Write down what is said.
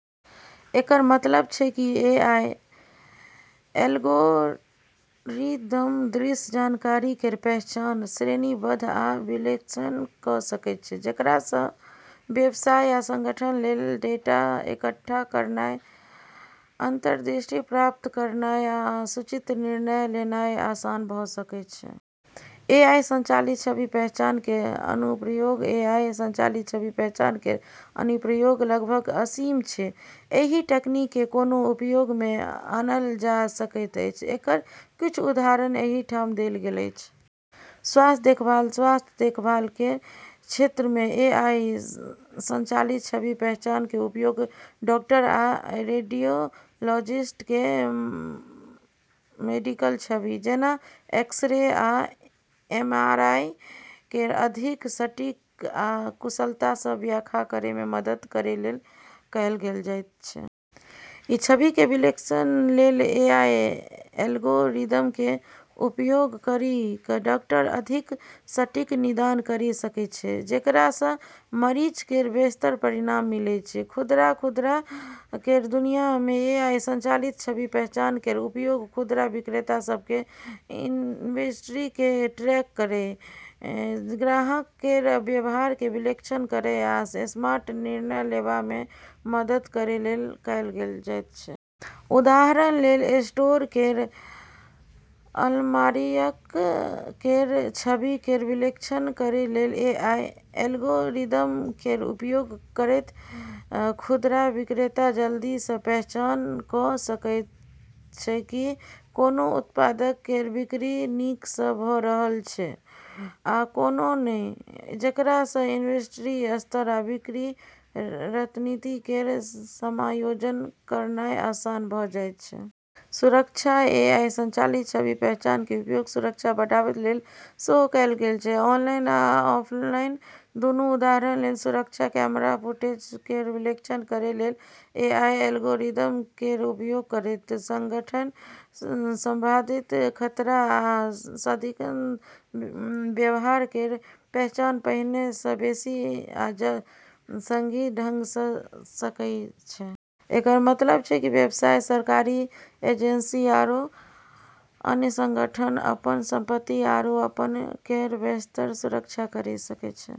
एकर मतलब छै कि एआई एल्गोरिदम दृश्य जानकारी केर पहचान, श्रेणीबद्ध आ विश्लेषण कऽ सकै छै, जेकरा सँ व्यवसाय आ संगठन लेल डेटा इकट्ठा करनाय, अंतर्दृष्टि प्राप्त करनाय आ सूचित निर्णय लेनाय आसान भऽ सकै छै। एआई संचालित छवि पहचान केर अनुप्रयोग एआई संचालित छवि पहचान केर अनुप्रयोग लगभग असीम छै। एहि तकनीक केँ कोना उपयोग मे आनल जा सकैत अछि एकर किछु उदाहरण एहि ठाम देल गेल अछि। स्वास्थ्य देखभाल: स्वास्थ्य देखभाल केर क्षेत्र मे एआई संचालित छवि पहचान केर उपयोग डॉक्टर आ रेडियोलॉजिस्ट केँ मेडिकल छवि, जेना एक्स-रे आ एमआरआई केर अधिक सटीक आ कुशलता सँ व्याख्या करै मे मदद करै लेल कएल जाइत छै। ई छवि केर विश्लेषण लेल एआई एल्गोरिदम केँ उपयोग करी कऽ डॉक्टर अधिक सटीक निदान करी सकै छै, जेकरा सँ मरीज केर बेहतर परिणाम मिलै छै। खुदरा: खुदरा केर दुनिया मे एआई संचालित छवि पहचान केर उपयोग खुदरा विक्रेता सभ केँ इन्वेंट्री केँ ट्रैक करै, ग्राहक केर व्यवहार केर विश्लेषण करै आ स्मार्ट निर्णय लेवा मे मदद करै लेल कएल जाइत छै। उदाहरण लेल स्टोर केर अलमारियक केर छवि केर विश्लेषण करै लेल एआई एल्गोरिदम केर उपयोग करैत खुदरा विक्रेता जल्दी सँ पहचान कऽ सकै छै की कोनो उत्पादक केर बिक्री नीक भऽ रहल छै आ कोनो नहि, जेकरा सँ इन्वेंट्री स्तर आ बिक्री रणनीति केर समायोजन करनाय आसान भऽ जाइत छै। सुरक्षा: एआई संचालित छवि पहचान केर उपयोग सुरक्षा बढ़ावैल लेल सेहो कएल जाइत छै, ऑनलाइन आ ऑफलाइन दूनू। उदाहरण लेल सुरक्षा कैमरा फुटेज केर विश्लेषण करै लेल एआई एल्गोरिदम केर उपयोग करैत, संगठन संभावित खतरा या संदिग्ध व्यवहार केर पहचान पहिने सँ बेसि जल्दी आ सही ढंग सँ कऽ सकै छै। एकर मतलब छै कि व्यवसाय, सरकारी एजेंसी, आरू अन्य संगठन अपन संपत्ति आरू अपन लोग केर बेहतर सुरक्षा करी सकै छै।